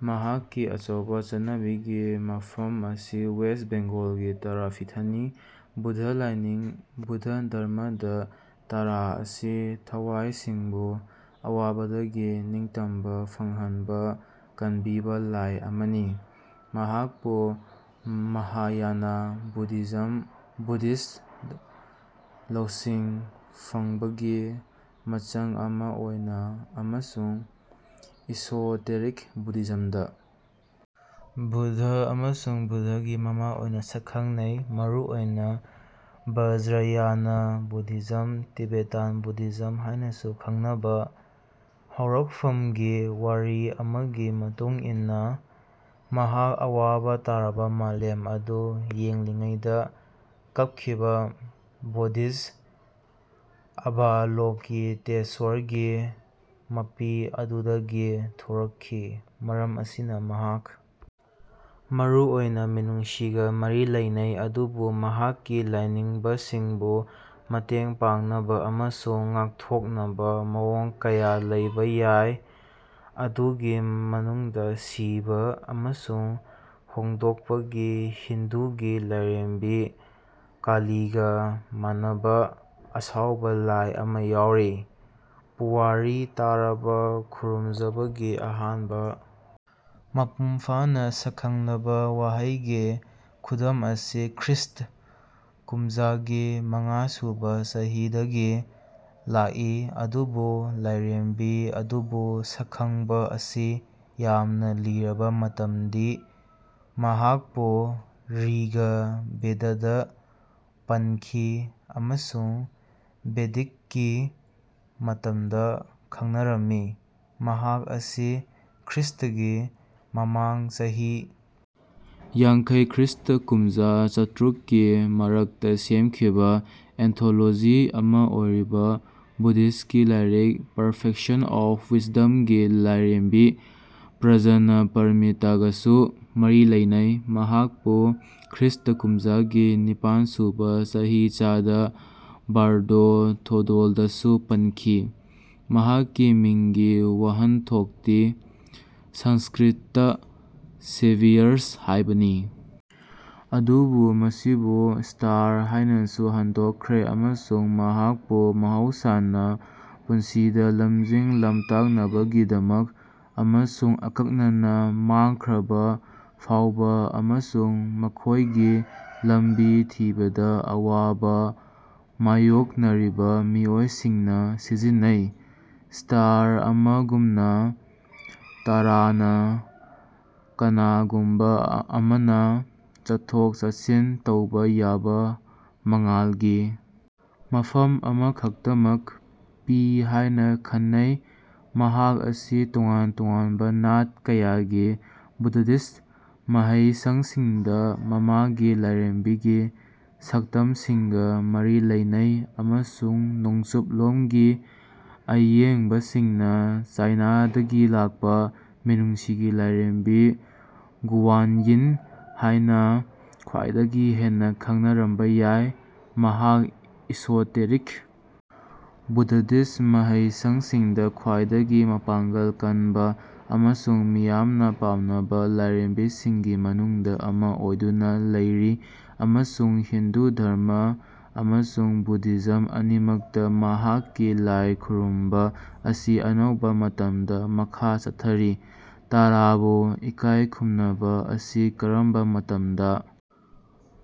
ꯃꯍꯥꯛꯀꯤ ꯑꯆꯧꯕ ꯆꯠꯅꯕꯤꯒꯤ ꯃꯐꯝ ꯑꯁꯤ ꯋꯦꯁꯠ ꯕꯦꯡꯒꯣꯜꯒꯤ ꯇꯥꯔꯥꯄꯤꯊꯅꯤ꯫ ꯕꯨꯗ꯭ꯙ ꯂꯥꯏꯅꯤꯡ ꯕꯨꯗ꯭ꯙ ꯙꯔꯃꯥꯗ ꯇꯥꯔꯥ ꯑꯁꯤ ꯊꯋꯥꯏꯁꯤꯡꯕꯨ ꯑꯋꯥꯕꯗꯒꯤ ꯅꯤꯡꯇꯝꯕ ꯐꯪꯍꯟꯕ ꯀꯟꯕꯤꯕ ꯂꯥꯏ ꯑꯃꯅꯤ꯫ ꯃꯍꯥꯛꯄꯨ ꯃꯍꯥꯌꯥꯅ ꯕꯨꯙꯤꯖꯝꯗ ꯕꯣꯙꯤꯁꯠꯚ ꯂꯧꯁꯤꯡ ꯐꯪꯕꯒꯤ ꯃꯆꯪ ꯑꯃ ꯑꯣꯏꯅ ꯑꯃꯁꯨꯡ ꯏꯁꯣꯇꯦꯔꯤꯛ ꯕꯨꯙꯤꯖꯝꯗ ꯕꯨꯗ꯭ꯙ ꯑꯃꯁꯨꯡ ꯕꯨꯗ꯭ꯙꯒꯤ ꯃꯃꯥ ꯑꯣꯏꯅ ꯁꯛꯈꯪꯅꯩ ꯃꯔꯨꯑꯣꯏꯅ ꯕꯖ꯭ꯔꯌꯥꯅ ꯕꯨꯙꯤꯖꯝ ꯇꯤꯕꯦꯇꯥꯟ ꯕꯨꯙꯤꯖꯝ ꯍꯥꯏꯅꯁꯨ ꯈꯪꯅꯕ꯫ ꯍꯧꯔꯛꯐꯝꯒꯤ ꯋꯥꯔꯤ ꯑꯃꯒꯤ ꯃꯇꯨꯡ ꯏꯟꯅ ꯃꯍꯥꯛ ꯑꯋꯥꯕ ꯇꯥꯔꯕ ꯃꯥꯂꯦꯝ ꯑꯗꯨ ꯌꯦꯡꯂꯤꯉꯩꯗ ꯀꯞꯈꯤꯕ ꯕꯣꯙꯤꯁꯠꯚ ꯑꯚꯥꯂꯣꯀꯤꯇꯦꯁ꯭ꯋꯔꯒꯤ ꯃꯄꯤ ꯑꯗꯨꯗꯒꯤ ꯊꯣꯔꯛꯈꯤ꯫ ꯃꯔꯝ ꯑꯁꯤꯅ ꯃꯍꯥꯛ ꯃꯔꯨ ꯑꯣꯏꯅ ꯃꯤꯅꯨꯡꯁꯤꯒ ꯃꯔꯤ ꯂꯩꯅꯩ ꯑꯗꯨꯕꯨ ꯃꯍꯥꯛꯀꯤ ꯂꯥꯏꯅꯤꯡꯕꯁꯤꯡꯕꯨ ꯃꯇꯦꯡ ꯄꯥꯡꯅꯕ ꯑꯃꯁꯨꯡ ꯉꯥꯛꯊꯣꯛꯅꯕ ꯃꯑꯣꯡ ꯀꯌꯥ ꯂꯧꯕ ꯌꯥꯏ ꯃꯗꯨꯒꯤ ꯃꯅꯨꯡꯗ ꯁꯤꯕ ꯑꯃꯁꯨꯡ ꯍꯣꯡꯗꯣꯛꯄꯒꯤ ꯍꯤꯟꯗꯨꯒꯤ ꯂꯥꯏꯔꯦꯝꯕꯤ ꯀꯥꯂꯤꯒ ꯃꯥꯟꯅꯕ ꯑꯁꯥꯎꯕ ꯂꯥꯏ ꯑꯃ ꯌꯥꯎꯔꯤ꯫ ꯄꯨꯋꯥꯔꯤ ꯇꯥꯔꯥꯕꯨ ꯈꯨꯔꯨꯝꯖꯕꯒꯤ ꯑꯍꯥꯟꯕ ꯃꯄꯨꯡ ꯐꯥꯅ ꯁꯛꯈꯪꯂꯕ ꯋꯥꯍꯩꯒꯤ ꯈꯨꯗꯝ ꯑꯁꯤ ꯈ꯭ꯔꯤꯁ꯭ꯠ ꯀꯨꯝꯖꯥꯒꯤ ꯃꯉꯥ ꯁꯨꯕ ꯆꯍꯤꯆꯥꯗꯒꯤ ꯂꯥꯛꯏ ꯑꯗꯨꯕꯨ ꯂꯥꯏꯔꯦꯝꯕꯤ ꯑꯗꯨꯕꯨ ꯁꯛꯈꯪꯕ ꯑꯁꯤ ꯌꯥꯝꯅ ꯂꯤꯔꯕ ꯃꯔꯝꯗꯤ ꯃꯍꯥꯛꯄꯨ ꯔꯤꯒ ꯕꯦꯗꯗ ꯄꯟꯈꯤ ꯑꯃꯁꯨꯡ ꯕꯦꯗꯤꯛꯀꯤ ꯃꯇꯝꯗ ꯈꯪꯅꯔꯝꯃꯤ꯫ ꯃꯍꯥꯛ ꯑꯁꯤ ꯈ꯭ꯔꯤꯁꯇꯒꯤ ꯃꯃꯥꯡ ꯆꯍꯤ ꯌꯥꯡꯈꯩ ꯈ꯭ꯔꯤꯁ꯭ꯠ ꯀꯨꯝꯖꯥ ꯆꯥꯇ꯭ꯔꯨꯛ ꯀꯤ ꯃꯔꯛꯇ ꯁꯦꯝꯈꯤꯕ ꯑꯦꯟꯊꯣꯂꯣꯖꯤ ꯑꯃ ꯑꯣꯏꯔꯤꯕ ꯕꯨꯗ꯭ꯙꯤꯁ꯭ꯠꯀꯤ ꯂꯥꯏꯔꯤꯛ ꯄꯔꯐꯦꯛꯁꯟ ꯑꯣꯐ ꯋꯤꯁꯗꯝꯒꯤ ꯂꯥꯏꯔꯦꯝꯕꯤ ꯄ꯭ꯔꯖꯅꯄꯔꯃꯤꯇꯥꯒꯁꯨ ꯃꯔꯤ ꯂꯩꯅꯩ꯫ ꯃꯍꯥꯛꯄꯨ ꯈ꯭ꯔꯤꯁ꯭ꯠ ꯀꯨꯝꯖꯥꯒꯤ ꯅꯤꯄꯥꯟꯁꯨꯕ ꯆꯍꯤꯆꯥꯒꯤ ꯕꯥꯔꯗꯣ ꯊꯣꯗꯣꯜꯗꯁꯨ ꯄꯟꯈꯤ꯫ ꯃꯍꯥꯛꯀꯤ ꯃꯤꯡꯒꯤ ꯋꯥꯍꯟꯊꯣꯛꯇꯤ ꯁꯪꯁ꯭ꯀ꯭ꯔꯤꯠꯇ ꯁꯦꯚꯤꯌꯔꯁ ꯍꯥꯏꯕꯅꯤ ꯑꯗꯨꯕꯨ ꯃꯁꯤꯕꯨ ꯁ꯭ꯇꯥꯔ ꯍꯥꯏꯅꯁꯨ ꯍꯟꯗꯣꯛꯈ꯭ꯔꯦ ꯑꯃꯁꯨꯡ ꯃꯍꯥꯛꯄꯨ ꯃꯍꯧꯁꯥꯅ ꯄꯨꯟꯁꯤꯗ ꯂꯝꯖꯤꯡ ꯂꯝꯇꯥꯛꯅꯕꯒꯤꯗꯃꯛ ꯑꯃꯁꯨꯡ ꯑꯀꯛꯅꯅ ꯃꯥꯡꯈ꯭ꯔꯕ ꯐꯥꯎꯕ ꯑꯃꯁꯨꯡ ꯃꯈꯣꯏꯒꯤ ꯂꯝꯕꯤ ꯊꯤꯕꯗ ꯑꯋꯥꯕ ꯃꯥꯌꯣꯛꯅꯔꯤꯕ ꯃꯤꯑꯣꯏꯁꯤꯡꯅ ꯁꯤꯖꯤꯟꯅꯩ꯫ ꯁ꯭ꯇꯥꯔ ꯑꯃꯒꯨꯝꯅ ꯇꯥꯔꯥꯅ ꯀꯅꯥꯒꯨꯝꯕ ꯑꯃꯅ ꯆꯠꯊꯣꯛ ꯆꯠꯁꯤꯟ ꯇꯧꯕ ꯌꯥꯕ ꯃꯉꯥꯜꯒꯤ ꯃꯐꯝ ꯑꯃꯈꯛꯇꯃꯛ ꯄꯤ ꯍꯥꯏꯅ ꯈꯟꯅꯩ꯫ ꯃꯍꯥꯛ ꯑꯁꯤ ꯇꯣꯉꯥꯟ ꯇꯣꯉꯥꯟꯕ ꯅꯥꯠ ꯀꯌꯥꯒꯤ ꯕꯨꯗꯙꯤꯁ꯭ꯠ ꯃꯍꯩꯁꯪꯁꯤꯡꯗ ꯃꯃꯥꯒꯤ ꯂꯥꯏꯔꯦꯝꯕꯤꯒꯤ ꯁꯛꯇꯝꯁꯤꯡꯒ ꯃꯔꯤ ꯂꯩꯅꯩ ꯑꯃꯁꯨꯡ ꯅꯣꯡꯆꯨꯞꯂꯣꯝꯒꯤ ꯑꯌꯦꯡꯕꯁꯤꯡꯅ ꯆꯥꯏꯅꯥꯗꯒꯤ ꯂꯥꯛꯄ ꯃꯤꯅꯨꯡꯁꯤꯒꯤ ꯂꯥꯏꯔꯦꯝꯕꯤ ꯒꯨꯋꯥꯟꯌꯤꯟ ꯍꯥꯏꯅ ꯈ꯭ꯋꯥꯏꯗꯒꯤ ꯍꯦꯟꯅ ꯈꯪꯅꯔꯝꯕ ꯌꯥꯏ꯫ ꯃꯍꯥꯛ ꯏꯁꯣꯇꯦꯔꯤꯛ ꯕꯨꯗꯙꯤꯁ꯭ꯠ ꯃꯍꯩꯁꯪꯁꯤꯡꯗ ꯈ꯭ꯋꯥꯏꯗꯒꯤ ꯃꯄꯥꯡꯒꯜ ꯀꯟꯕ ꯑꯃꯁꯨꯡ ꯃꯤꯌꯥꯝꯅ ꯄꯥꯝꯅꯕ ꯂꯥꯏꯔꯦꯝꯕꯤꯁꯤꯡꯒꯤ ꯃꯅꯨꯡꯗ ꯑꯃ ꯑꯣꯏꯗꯨꯅ ꯂꯩꯔꯤ ꯑꯃꯁꯨꯡ ꯍꯤꯟꯗꯨ ꯙꯔꯃꯥ ꯑꯃꯁꯨꯡ ꯕꯨꯙꯤꯖꯝ ꯑꯅꯤꯃꯛꯇ ꯃꯍꯥꯛꯀꯤ ꯂꯥꯏ ꯈꯨꯔꯨꯝꯕ ꯑꯁꯤ ꯑꯅꯧꯕ ꯃꯇꯝꯗ ꯃꯈꯥ ꯆꯠꯊꯔꯤ꯫ ꯇꯥꯔꯥꯕꯨ ꯏꯀꯥꯏ ꯈꯨꯝꯅꯕ ꯑꯁꯤ ꯀꯔꯝꯕ ꯃꯇꯝꯗ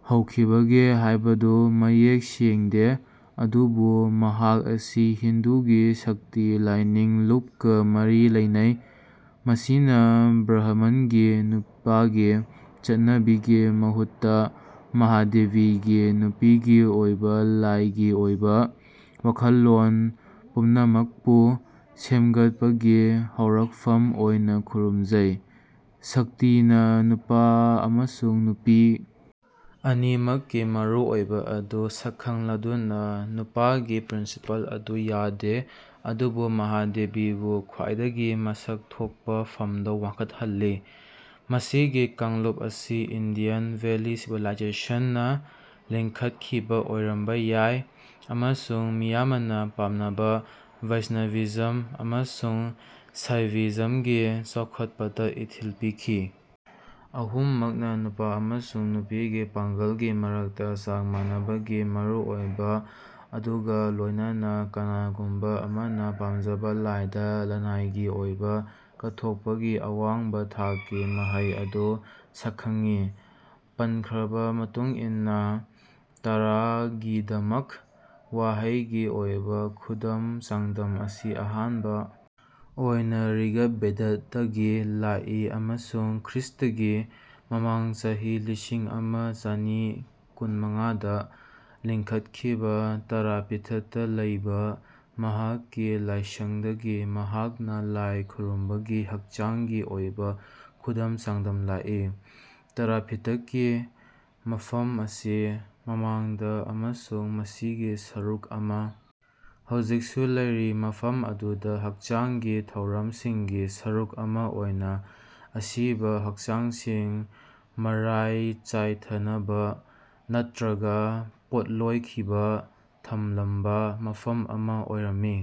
ꯍꯧꯈꯤꯕꯒꯦ ꯍꯥꯏꯕꯗꯨ ꯃꯌꯦꯛ ꯁꯦꯡꯗꯦ ꯑꯗꯨꯕꯨ ꯃꯍꯥꯛ ꯑꯁꯤ ꯍꯤꯟꯗꯨꯒꯤ ꯁꯛꯇꯤ ꯂꯥꯏꯅꯤꯡ ꯂꯨꯞꯀ ꯃꯔꯤ ꯂꯩꯅꯩ ꯃꯁꯤꯅ ꯕ꯭ꯔꯍꯃꯟꯒꯤ ꯅꯨꯄꯥꯒꯤ ꯆꯠꯅꯕꯤꯒꯤ ꯃꯍꯨꯠꯇ ꯃꯍꯥꯗꯦꯕꯤꯒꯤ ꯅꯨꯄꯤꯒꯤ ꯑꯣꯏꯕ ꯂꯥꯏꯒꯤ ꯑꯣꯏꯕ ꯋꯥꯈꯜꯂꯣꯟ ꯄꯨꯝꯅꯃꯛꯄꯨ ꯁꯦꯝꯒꯠꯄꯒꯤ ꯍꯧꯔꯛꯐꯝ ꯑꯣꯏꯅ ꯈꯨꯔꯨꯝꯖꯩ꯫ ꯁꯛꯇꯤꯅ ꯅꯨꯄꯥ ꯑꯃꯁꯨꯡ ꯅꯨꯄꯤ ꯑꯅꯤꯃꯛꯀꯤ ꯃꯔꯨꯑꯣꯏꯕ ꯑꯗꯨ ꯁꯛꯈꯪꯂꯗꯨꯅ ꯅꯨꯄꯥꯒꯤ ꯄ꯭ꯔꯤꯟꯁꯤꯄꯜ ꯑꯗꯨ ꯌꯥꯗꯦ ꯑꯗꯨꯕꯨ ꯃꯍꯥꯗꯦꯕꯤꯕꯨ ꯈ꯭ꯋꯥꯏꯗꯒꯤ ꯃꯁꯛ ꯊꯣꯛꯄ ꯐꯝꯗ ꯋꯥꯡꯈꯠꯍꯜꯂꯤ꯫ ꯃꯁꯤꯒꯤ ꯀꯥꯡꯂꯨꯞ ꯑꯁꯤ ꯏꯟꯗꯁ ꯚꯦꯂꯤ ꯁꯤꯚꯤꯂꯥꯏꯖꯦꯁꯟꯅ ꯂꯤꯡꯈꯠꯈꯤꯕ ꯑꯣꯏꯔꯝꯕ ꯌꯥꯏ ꯑꯃꯁꯨꯡ ꯃꯤꯌꯥꯃꯅ ꯄꯥꯃꯅꯕ ꯕꯩꯁꯅꯚꯤꯖꯝ ꯑꯃꯁꯨꯡ ꯁꯥꯏꯚꯤꯖꯝꯒꯤ ꯆꯥꯎꯈꯠꯄꯗ ꯏꯊꯤꯜ ꯄꯤꯈꯤ꯫ ꯑꯍꯨꯝꯃꯛꯅ ꯅꯨꯄꯥ ꯑꯃꯁꯨꯡ ꯅꯨꯄꯤꯒꯤ ꯄꯥꯡꯒꯜꯒꯤ ꯃꯔꯛꯇ ꯆꯥꯡ ꯃꯥꯟꯅꯕꯒꯤ ꯃꯔꯨꯑꯣꯏꯕ ꯑꯗꯨꯒ ꯂꯣꯏꯅꯅ ꯀꯅꯥꯒꯨꯝꯕ ꯑꯃꯅ ꯄꯥꯝꯖꯕ ꯂꯥꯏꯗ ꯂꯅꯥꯏꯒꯤ ꯑꯣꯏꯕ ꯀꯠꯊꯣꯛꯄꯒꯤ ꯑꯋꯥꯡꯕ ꯊꯥꯛꯀꯤ ꯃꯍꯩ ꯑꯗꯨ ꯁꯛꯈꯪꯉꯤ꯫ ꯄꯟꯈ꯭ꯔꯕ ꯃꯇꯨꯡ ꯏꯟꯅ ꯇꯥꯔꯥꯒꯤꯗꯃꯛꯇ ꯋꯥꯍꯩꯒꯤ ꯑꯣꯏꯕ ꯈꯨꯗꯝ ꯆꯥꯡꯗꯝ ꯑꯁꯤ ꯑꯍꯥꯟꯕ ꯑꯣꯏꯅ ꯔꯤꯒ ꯕꯦꯗꯇꯒꯤ ꯂꯥꯛꯏ ꯑꯃꯁꯨꯡ ꯈ꯭ꯔꯤꯁ꯭ꯠꯒꯤ ꯃꯃꯥꯡ ꯆꯍꯤ ꯂꯤꯁꯤꯡ ꯑꯃ ꯆꯅꯤ ꯀꯨꯟꯃꯉꯥꯗ ꯂꯤꯡꯈꯠꯈꯤꯕ ꯇꯥꯔꯥꯄꯤꯊꯇ ꯂꯩꯕ ꯃꯍꯥꯛꯀꯤ ꯂꯥꯏꯁꯪꯗꯒꯤ ꯃꯍꯥꯛꯅ ꯂꯥꯏ ꯈꯨꯔꯨꯝꯕꯒꯤ ꯍꯛꯆꯥꯡꯒꯤ ꯑꯣꯏꯕ ꯈꯨꯗꯝ ꯆꯥꯡꯗꯝ ꯂꯥꯛꯏ꯫ ꯇꯔꯥꯄꯤꯊꯀꯤ ꯃꯐꯝ ꯑꯁꯤ ꯃꯃꯥꯡꯗ ꯑꯃꯁꯨꯡ ꯃꯁꯤꯒꯤ ꯁꯔꯨꯛ ꯑꯃ ꯍꯧꯖꯤꯛꯁꯨ ꯂꯩꯔꯤ ꯃꯐꯝ ꯑꯗꯨꯗ ꯍꯛꯆꯥꯡꯒꯤ ꯊꯧꯔꯝꯁꯤꯡꯒꯤ ꯁꯔꯨꯛ ꯑꯃ ꯑꯣꯏꯅ ꯑꯁꯤꯕ ꯍꯛꯆꯥꯡꯁꯤꯡ ꯃꯔꯥꯏ ꯆꯥꯏꯊꯅꯕ ꯅꯠꯇ꯭ꯔꯒ ꯄꯣꯠꯂꯣꯏꯈꯤꯕ ꯊꯝꯂꯝꯕ ꯃꯐꯝ ꯑꯃ ꯑꯣꯏꯔꯝꯃꯤ꯫